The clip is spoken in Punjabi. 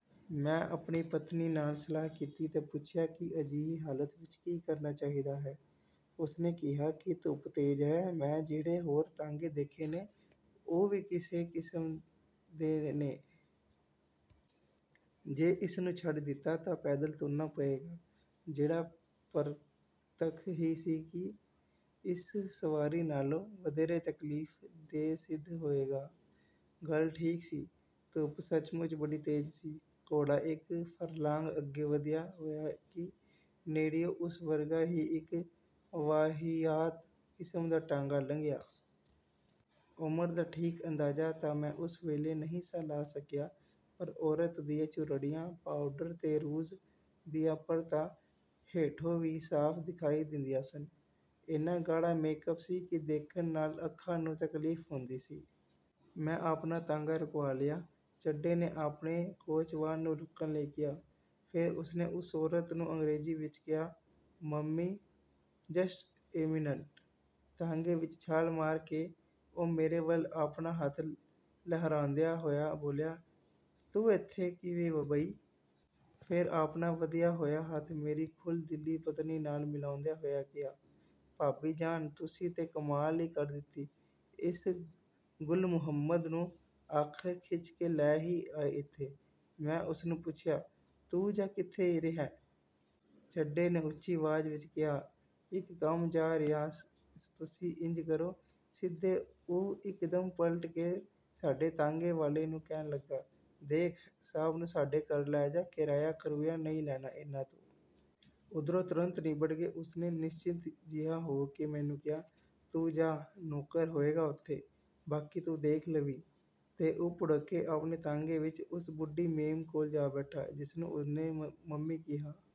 ਮੈਂ ਆਪਣੀ ਪਤਨੀ ਨਾਲ ਸਲਾਹ ਕੀਤੀ ਤੇ ਪੁੱਛਿਆ ਕਿ ਅਜਿਹੀ ਹਾਲਤ ਵਿਚ ਕੀ ਕਰਨਾ ਚਾਹੀਦਾ ਹੈ। ਉਸਨੇ ਕਿਹਾ ਕਿ 'ਧੁੱਪ ਤੇਜ਼ ਹੈ। ਮੈਂ ਜਿਹੜੇ ਹੋਰ ਤਾਂਗੇ ਦੇਖੇ ਨੇ ਉਹ ਵੀ ਇਸੇ ਕਿਸਮ ਦੇ ਨੇ। ਜੇ ਇਸ ਨੂੰ ਛੱਡ ਦਿੱਤਾ ਤਾਂ ਪੈਦਲ ਤੁਰਨਾ ਪਏਗਾ, ਜਿਹੜਾ ਪਰਤੱਖ ਹੀ ਸੀ ਕਿ ਇਸ ਸਵਾਰੀ ਨਾਲੋਂ ਵਧੇਰੇ ਤਕਲੀਫ ਦੇਅ ਸਿੱਧ ਹੋਏਗਾ। ' ਗੱਲ ਠੀਕ ਸੀ। ਧੁੱਪ ਸੱਚਮੁੱਚ ਬੜੀ ਤੇਜ਼ ਸੀ। ਘੋੜਾ ਇਕ ਫਰਲਾਂਗ ਅੱਗੇ ਵਧਿਆ ਹੋਏਗਾ ਕਿ ਨੇੜਿਓਂ ਉਸ ਵਰਗਾ ਹੀ ਇਕ ਵਾਹਿਯਾਤ ਕਿਸਮ ਦਾ ਟਾਂਗਾ ਲੰਘਿਆ। ਉਮਰ ਦਾ ਠੀਕ ਅੰਦਾਜ਼ਾ ਤਾਂ ਮੈਂ ਉਸ ਵੇਲੇ ਨਹੀਂ ਸਾਂ ਲਾ ਸਕਿਆ, ਪਰ ਔਰਤ ਦੀਆਂ ਝੁਰੜੀਆਂ, ਪਾਊਡਰ ਤੇ ਰੂਜ਼ ਦੀਆਂ ਪਰਤਾਂ ਹੇਠੋਂ ਵੀ ਸਾਫ ਦਿਖਾਈ ਦਿੰਦੀਆਂ ਸਨ। ਏਨਾ ਗੂੜ੍ਹਾ ਮੇਕਅੱਪ ਸੀ ਕਿ ਦੇਖਣ ਨਾਲ ਅੱਖਾਂ ਨੂੰ ਤਕਲੀਫ ਹੁੰਦੀ ਸੀ। ਮੈਂ ਆਪਣਾ ਤਾਂਗਾ ਰੁਕਵਾ ਲਿਆ। ਚੱਡੇ ਨੇਆਪਣੇ ਕੋਚਵਾਨ ਨੂੰ ਰੁਕਣ ਲਈ ਕਿਹਾ। ਫੇਰ ਉਸਨੇ ਉਸ ਔਰਤ ਨੂੰ ਅੰਗਰੇਜ਼ੀ ਵਿਚ ਕਿਹਾ, "ਮੰਮੀ, ਜਸਟ ਏ ਮਿਨਟ। " ਤਾਂਗੇ ਵਿਚੋਂ ਛਾਲ ਮਾਰ ਕੇ ਉਹ ਮੇਰੇ ਵੱਲ ਆਪਣਾ ਹੱਥ ਲਹਿਰਾਉਂਦਾ ਹੋਇਆ ਬੋਲਿਆ, "ਤੂੰ ਏਥੇ ਕਿਵੇਂ ਬਈ? " ਫੇਰ ਆਪਣਾ ਵਧਿਆ ਹੋਇਆ ਹੱਥ ਮੇਰੀ ਖੁੱਲ੍ਹ-ਦਿਲੀ ਪਤਨੀ ਨਾਲ ਮਿਲਾਉਂਦਿਆਂ ਹੋਇਆਂ ਕਿਹਾ, "ਭਾਬੀ ਜਾਨ, ਤੁਸੀਂ ਤੇ ਕਮਾਲ ਈ ਕਰ ਦਿੱਤੀ! ਇਸ ਗੁਲਮੁਹੰਮਦ ਨੂੰ ਆਖ਼ਰ ਖਿੱਚ ਕੇ ਲੈ ਹੀ ਆਏ ਇੱਥੇ! " ਮੈਂ ਉਸਨੂੰ ਪੁੱਛਿਆ, "ਤੂੰ ਜਾ ਕਿੱਥੇ ਰਿਹੈਂ? " ਚੱਡੇ ਨੇ ਉੱਚੀ ਆਵਾਜ਼ ਵਿਚ ਕਿਹਾ, "ਇਕ ਕੰਮ ਜਾ ਰਿਹਾਂ ਤੁਸੀਂ ਇੰਜ ਕਰੋ, ਸਿੱਧੇ " ਉਹ ਇਕਦਮ ਪਲਟ ਕੇ ਸਾਡੇ ਤਾਂਗੇ ਵਾਲੇ ਨੂੰ ਕਹਿਣ ਲੱਗਾ, "ਦੇਖ, ਸਾਹਬ ਨੂੰ ਸਾਡੇ ਘਰ ਲੈ ਜਾਅ ਕਿਰਾਇਆ ਕਰੂਆ ਨਹੀਂ ਲੈਣਾ ਇਹਨਾਂ ਤੋਂ। " ਓਧਰੋਂ ਤੁਰੰਤ ਨਿੱਬੜ ਕੇ ਉਸਨੇ ਨਿਸ਼ਚਿੰਤ ਜਿਹਾ ਹੋ ਕੇ ਮੈਨੂੰ ਕਿਹਾ, "ਤੂੰ ਜਾਹ, ਨੌਕਰ ਹੋਏਗਾ ਉੱਥੇ, ਬਾਕੀ ਤੂੰ ਦੇਖ ਲਵੀਂ। " ਤੇ ਉਹ ਭੁੜਕ ਕੇ ਆਪਣੇ ਤਾਂਗੇ ਵਿਚ ਉਸ ਬੁੱਢੀ ਮੇਮ ਕੋਲ ਜਾ ਬੈਠਾ, ਜਿਸਨੂੰ ਉਹਨੇ ਮੰਮੀ ਕਿਹਾ